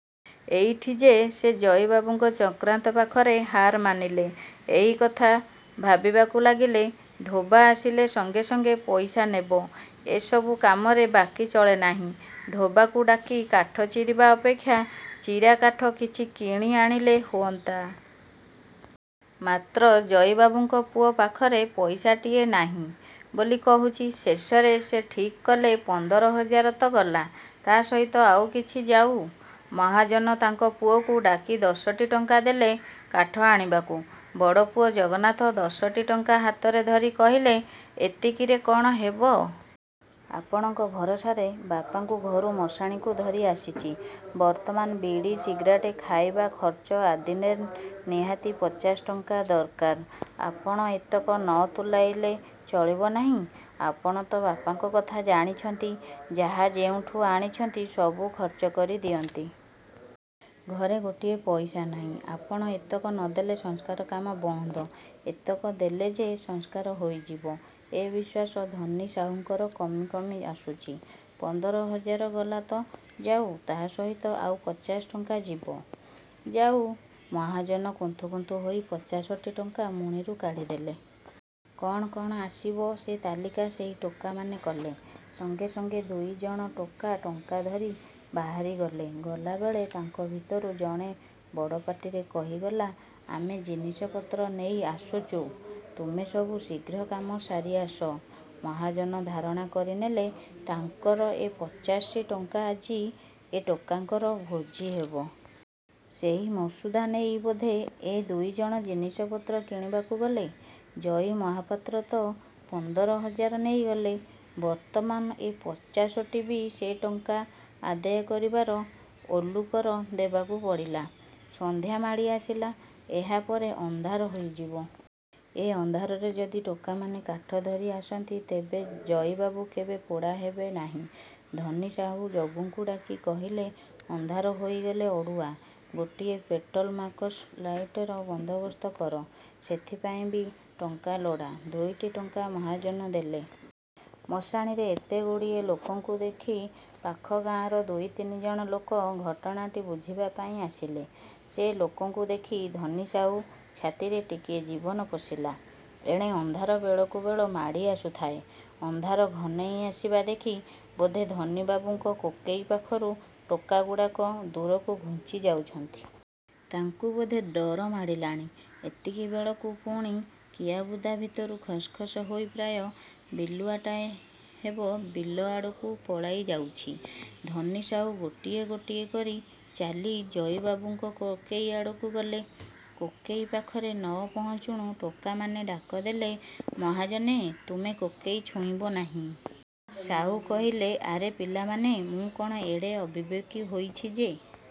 ଏଇଠି ଯେ ସେ ଜଇବାବୁଙ୍କ ଚକ୍ରାନ୍ତ ପାଖରେ ହାର ମାନିଲେ ଏହି କଥା ଭାବିବାକୁ ଲାଗିଲେ-। ଧୋବା ଆସିଲେ ସଙ୍ଗେ ସଙ୍ଗେ ପଇସା ନେବ। ଏ ସବୁ କାମରେ ବାକି ଚଳେନାହିଁ। ଧୋବାକୁ ଡାକି କାଠ ଚିରିବା ଅପେକ୍ଷା ଚିରା କାଠ କିଛି କିଣି ଆଣିଲେ ହୁଅନ୍ତା। ମାତ୍ର ଜଇବାବୁଙ୍କ ପୁଅ ପାଖରେ ପଇସାଟିଏ ନାହିଁ ବୋଲି କହୁଛି। ଶେଷରେ ସେ ଠିକ୍ କଲେ ପନ୍ଦର ହଜାର ତ ଗଲା-। ତା ସହିତ ଆଉ କିଛି ଯାଉ। ମହାଜନ ତାଙ୍କ ପୁଅକୁ ଡାକି ଦଶଟି ଟଙ୍କା ଦେଲେ କାଠ ଆଣିବାକୁ-। ବଡ଼ପୁଅ ଜଗନ୍ନାଥ ଦଶଟି ଟଙ୍କା ହାତରେ ଧରି କହିଲେ, ଏତିକିରେ କଣ ହେବ? ଆପଣଙ୍କ ଭରସାରେ ବାପାଙ୍କୁ ଘରୁ ମଶାଣିକୁ ଧରି ଆସିଛି। ବର୍ତ୍ତମାନ ବିଡ଼ି, ସିଗାରେଟ୍, ଖାଇବା ଖର୍ଚ୍ଚ ଆଦିରେନ ନିହାତ୍ ପଚାଶଟଙ୍କା ଦରକାର। ଆପଣ ଏତକ ନ ତୁଲାଇଲେ ଚଳିବ ନାହିଁ। ଆପଣ ତ ବାପାଙ୍କ କଥା ଜାଣିଛନ୍ତି, ଯାହା ଯେଉଁଠୁ ଆଣିଛନ୍ତି ସବୁ ଖର୍ଚ୍ଚ କରି ଦିଅନ୍ତି। ଘରେ ଗୋଟିଏ ପଇସା ନାହିଁ। ଆପଣ ଏତକ ନ ଦେଲେ ସଂସ୍କାର କାମ ବନ୍ଦ। ଏତକ ଦେଲେ ଯେ ସଂସ୍କାର ହୋଇଯିବ ଏ ବିଶ୍ୱାସ ଧନୀ ସାଉଙ୍କର କମି କମି ଆସୁଛି-। ପନ୍ଦର ହଜାର ଗଲା ତା ସହିତ ଆଉ ପଚାଶ ଟଙ୍କା ଯିବ। ଯାଉ-ମହାଜନ, କୁନ୍ଥୁ କୁନ୍ଥୁ ହୋଇ ପଚାଶଟି ଟଙ୍କା ମୁଣିରୁ କାଢ଼ିଦେଲେ। କଣ କଣ ଆସିବ ସେ ତାଲିକା ସେହି ଟୋକାମାନେ କଲେ-। ସଙ୍ଗେ ସଙ୍ଗେ ଦୁଇଜଣ ଟୋକା ଟଙ୍କାଧରି। ବାହାରିଗଲେ। ଗଲାବେଳେ ତାଙ୍କ ଭିତରୁ ଜଣେ ବଡ଼ପାଟିରେ କହିଗଲା ଆମେ ଜିନିଷପତ୍ର ନେଇ ଆସୁଛୁ, ତୁମେ ସବୁ ଶୀଘ୍ର କାମ ସାରି ଆସ। ମହାଜନ ଧାରଣା କରିନେଲେ ତାଙ୍କର ଏ ପଚାଶଟି ଟଙ୍କା ଆଜି ଏ ଟୋକାଙ୍କର ଭୋଜି ହେବ। ସେହି ମସୁଧା ନେଇ ବୋଧେ ଏ ଦୁଇଜଣ ଜିନିଷପତ୍ର କିଣିବାକୁ ଗଲେ। ଜଇ ମହାପାତ୍ର ତ ପନ୍ଦର ହଜାର ନେଇଥିଲେ ବର୍ତ୍ତମାନ ଏ ପଚାଶଟି ବି ସେହି ଟଙ୍କା ଆଦାୟ କରିବାର ଓଲୁ କର ଦେବାକୁ ପଡ଼ିଲା। ସଂଧ୍ୟା ମାଡ଼ି ଆସିଲା। ଏହା ପରେ ଅନ୍ଧାର ହୋଇଯିବ। ଏ ଅନ୍ଧାରରେ ଯଦି ଟୋକାମାନେ କାଠ ଧରି ଆସନ୍ତି ତେବେ ଜଇବାବୁ କେବେ ପୋଡ଼ା ହେବେ ନାହିଁ। ଧନୀ ସାଉ ଜଗୁକୁ ଡାକି କହିଲେ ଅନ୍ଧାର ହୋଇଗଲେ ଅଡ଼ୁଆ, ଗୋଟିଏ ପେଟ୍ରୋମାକସ ଲାଇଟର ବନ୍ଦୋବସ୍ତ କର। ସେଥିପାଇଁ ବି ଟଙ୍କା ଲୋଡ଼ା। ଦୁଇଟି ଟଙ୍କା ମହାଜନ ଦେଲେ। ମଶାଣିରେ ଏତେଗୁଡ଼ିଏ ଲୋକଙ୍କୁ ଦେଖି ପାଖ ଗାଁର ଦୁଇ ତିନିଜଣ ଲୋକ ଘଟଣାଟି ବୁଝିବା ପାଇଁ ଆସିଲେ-। ସେ ଲୋକଙ୍କୁ ଦେଖି ଧନୀ ସାଉ ଛାତିରେ ଟିକିଏ ଜୀବନ ପଶିଲା। ଏଣେ ଅନ୍ଧାର ବେଳକୁ ବେଳ ମାଡ଼ି ଆସୁଥାଏ। ଅନ୍ଧାର ଘନେଇ ଆସିବା ଦେଖି ବୋଧେ ଧନି ବାବୁଙ୍କ କୋକେଇ ପାଖରୁ ଟୋକାଗୁଡ଼ାକ ଦୂରକୁ ଘୁଞ୍ଚି ଯାଉଛନ୍ତି। ତାଙ୍କୁ ବୋଧେ ଡର ମାଡ଼ିଲାଣି। ଏତିକି ବେଳକୁ ପୁଣି କିଆବୁଦା ଭିତରୁ ଖସ୍ ଖସ୍ ହୋଇ ପ୍ରାୟ ବିଲୁଆଟାଏ ହେବ ବିଲ ଆଡ଼କୁ ପଳାଇ ଯାଉଛି। ଧନି ସାଉ ଗୋଟିଏ ଗୋଟିଏ କରି ଚାଲି ଜଇ ବାବୁଙ୍କ କୋକେଇ ଆଡ଼କୁ ଗଲେ। କୋକେଇ ପାଖରେ ନ ପହଞ୍ଚୁଣୁ ଟୋକାମାନେ ଡାକଦେଲେ, ମହାଜନେ ତୁମେ କୋକେଇ ଛୁଇଁବ ନାହିଁ। ସାଉ କହିଲେ, ଆରେ ପିଲାମାନେ ମୁଁ କଣ ଏଡ଼େ ଅବିବେକ ହୋଇଛି ଯେ